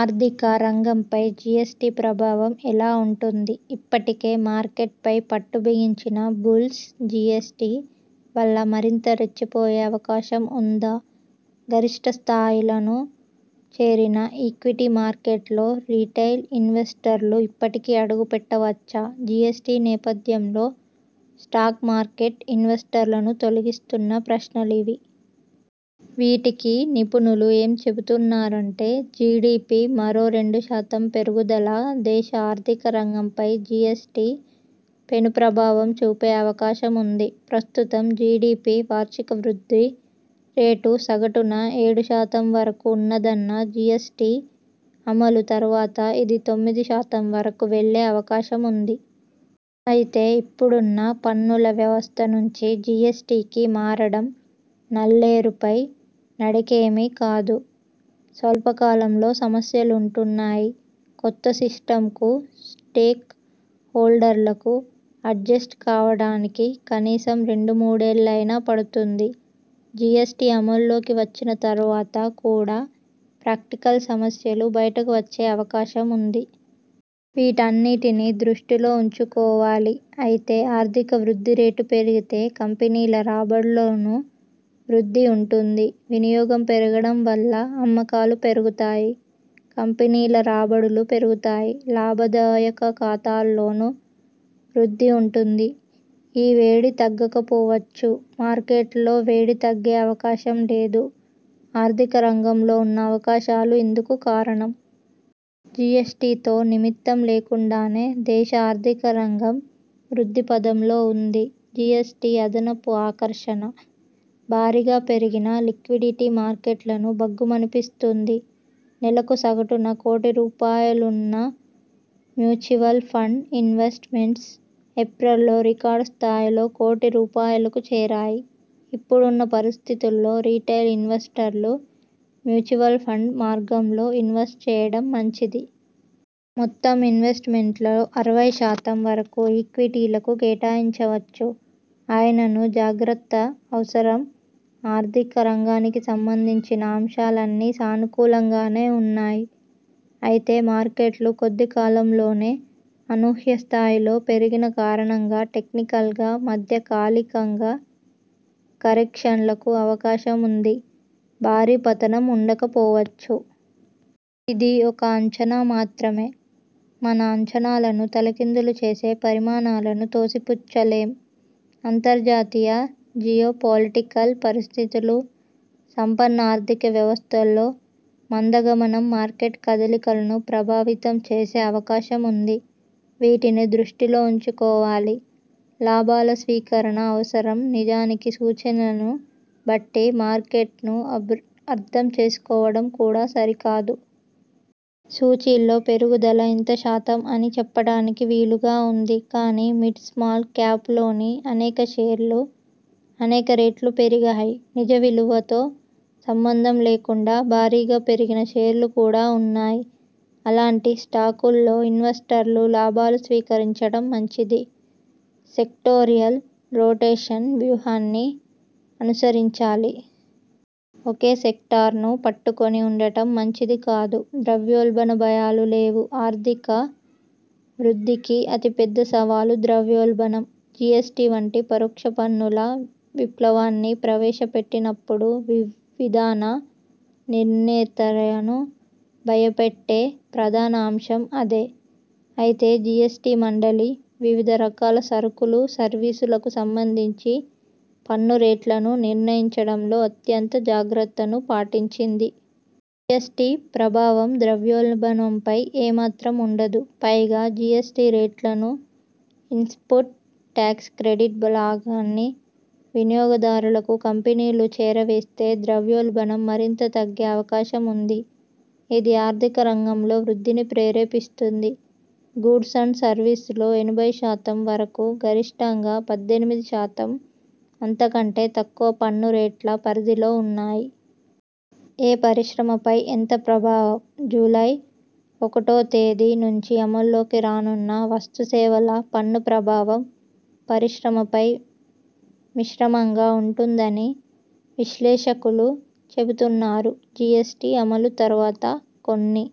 ఆర్థిక రంగంపై జిఎస్టి ప్రభావం ఎలా ఉంటుంది? ఇప్పటికే మార్కెట్ పై పట్టు బిగించిన బుల్స్ జిఎస్టి వల్ల మరింత రెచ్చిపోయే అవకాశం ఉందా? గరిష్ఠ స్థాయిలను చేరిన ఈక్విటీ మార్కెట్లలో రిటైల్ ఇన్వెస్టర్లు ఇప్పటికీ అడుగుపెట్టొచ్చా? జిఎస్టి నేపథ్యంలో స్టాక్ మార్కెట్ ఇన్వెస్టర్లను తొలుస్తున్న ప్రశ్నలివి. వీటికి నిపుణులు ఏం చెబుతున్నారంటే జిడిపి మరో రెండు శాతం పెరుగుదల దేశ ఆర్థిక రంగం పై జిఎ్సటి పెను ప్రభావం చూపే అవకాశం ఉంది. ప్రస్తుతం జిడిపి వార్షిక వృద్ధి రేటు సగటున ఏడు శాతం వరకు ఉన్నందున జిఎ్సటి అమలు తర్వాత ఇది తొమ్మిది శాతం వరకు వెళ్లే అవకాశం ఉంది. అయితే ఇప్పుడున్న పన్నుల వ్యవస్థ నుంచి జిఎ్సటి కి మారడం నల్లేరుపై నడకేమీ కాదు. స్వల్పకాలంలో సమస్యలుంటాయి. కొత్త సిస్టమ్కు స్టేక్ హోల్డర్లందరూ అడ్జెస్ట్ కావడానికి కనీసం రెండు మూడేళ్లయినా పడుతుంది. జిఎ్సటి అమల్లోకి వచ్చిన తర్వాత కూడా ప్రాక్టికల్ సమస్యలు బయటకు వచ్చే అవకాశం ఉంది. వీటన్నింటినీ దృష్టిలో ఉంచుకోవాలి. అయితే, ఆర్థిక వృద్ధి రేటు పెరిగితే కంపెనీల రాబడుల్లోనూ వృద్ధి ఉంటుంది. వినియోగం పెరగడం వల్ల అమ్మకాలు పెరుగుతాయి. కంపెనీల రాబడులూ పెరుగుతాయి. లాభదాయకతాలోనూ వృద్ధి ఉంటుంది. ఈ వేడి తగ్గకపోవచ్చుమార్కెట్లలో వేడి తగ్గే అవకాశం లేదు. ఆర్థిక రంగంలో ఉన్న అవకాశాలు ఇందుకు కారణం. జిఎ్సటి తో నిమిత్తం లేకుండానే దేశ ఆర్థిక రంగం వృద్ధిపథంలో ఉంది. జిఎ్సటి అదనపు ఆకర్షణ. భారీగా పెరిగిన లిక్విడిటీ మార్కెట్లను భగ్గుమనిపిస్తోంది. నెలకు సగటున కోట్ల రూపాయలున్న మ్యూచువల్ ఫండ్ ఇన్వెస్ట్ మెంట్స్ ఏప్రిల్లో రికార్డు స్థాయిలో కోట్ల రూపాయలకు చేరాయి. ఇప్పుడున్న పరిస్థితుల్లో రిటైల్ ఇన్వెస్టర్లు మ్యూచువల్ ఫండ్ మార్గంలో ఇన్వెస్ట్ చేయడం మంచిది. మొత్తం ఇన్వెస్ట్ మెంట్లో అరవై శాతం వరకు ఈక్విటీలకు కేటాయించవచ్చు. అయిననూ జాగ్రత్త అవసరం ఆర్థిక రంగానికి సంబంధించిన అంశాలన్నీ సానుకూలంగానే ఉన్నాయి. అయితే మార్కెట్లు కొద్ది కాలంలోనే అనూహ్య స్థాయిలో పెరిగిన కారణంగా టెక్నికల్గా మధ్య కాలికంగా కరెక్షన్స్ కు అవకాశం ఉంది. భారీ పతనం ఉండక పోవచ్చు. ఇది ఒక అంచనా మాత్రమే. మన అంచనాలను తలకిందులు చేసే పరిణామాలను తోసి పుచ్చలేం. అంతర్జాతీయ జియో పొలిటికల్ పరిస్థితులు, సంపన్న ఆర్థిక వ్యవస్థల్లో మంద గమనం మార్కెట్ కదలికలను ప్రభావితం చేసే అవకాశం ఉంది. వీటిని దృష్టిలో ఉంచుకోవాలి. లాభాల స్వీకరణ అవసరం నిజానికి సూచీలను బట్టి మార్కెట్ను అర్ధం చేసుకోవడం కూడా సరికాదు. సూచీల్లో పెరుగుదల ఇంత శాతం అని చెప్పడానికి వీలుగా ఉంది. కానీ మిడ్, స్మాల్ క్యాప్లోని అనేక షేర్లు అనేక రెట్లు పెరిగాయి. నిజ విలువతో సంబంధం లేకుండా భారీగా పెరిగిన షేర్లు కూడా ఉన్నాయి. అలాంటి స్టాక్స్లో ఇన్వెస్టర్లు లాభాలు స్వీకరించడం మంచిది. సెక్టోరల్ రొటేషన్ వ్యూహాన్ని అనుసరించాలి. ఒకే సెక్టార్ను పట్టుకొని ఉండటం మంచిది కాదు. ద్రవ్యోల్బణ భయాలు లేవుఆర్థిక వృద్ధికి అతిపెద్ద సవాలు ద్రవ్యోల్బణం. జిఎ్సటి వంటి పరోక్ష పన్నుల విప్లవాన్ని ప్రవేశపెట్టినప్పుడు విధాన నిర్ణేతను భయపెట్టే ప్రధాన అంశం అదే. అయితే జిఎ్సటి మండలి వివిధ రకాల సరుకులు, సర్వీసులకు సంబంధించి పన్ను రేట్లను నిర్ణయించడంలో అత్యంత జాగ్రత్తను పాటించింది. జిఎ్సటి ప్రభావం ద్రవ్యోల్బణంపై ఏమాత్రం ఉండదు. పైగా జిఎ్సటి రేట్లనూ, ఇన్పుట్ టాక్స్ క్రెడిట్ లాభాన్ని వినియోగదారలకు కంపెనీలు చేరవేస్తే ద్రవ్యోల్బణం మరింత తగ్గే అవకాశం ఉంది. ఇది ఆర్థిక రంగంలో వృద్ధిని ప్రేరేపిస్తుంది. గూడ్స్ అండ్ సర్వీసుల్లో ఎనభై శాతం వరకు గరిష్ఠంగా పద్దెనిమిది శాతం అంతకంటే తక్కువ పన్ను రేట్ల పరిధిలో ఉన్నాయి. ఏ పరిశ్రమపై ఎంత ప్రభావం? జూలై ఒకటో తేదీ నుంచి అమల్లోకి రానున్న వస్తు సేవల పన్ను ప్రభావం పరిశ్రమపై మిశ్రమంగా ఉంటుందని విశ్లేషకులు చెబుతున్నారు. జిఎ్సటి అమలు తర్వాత కొన్ని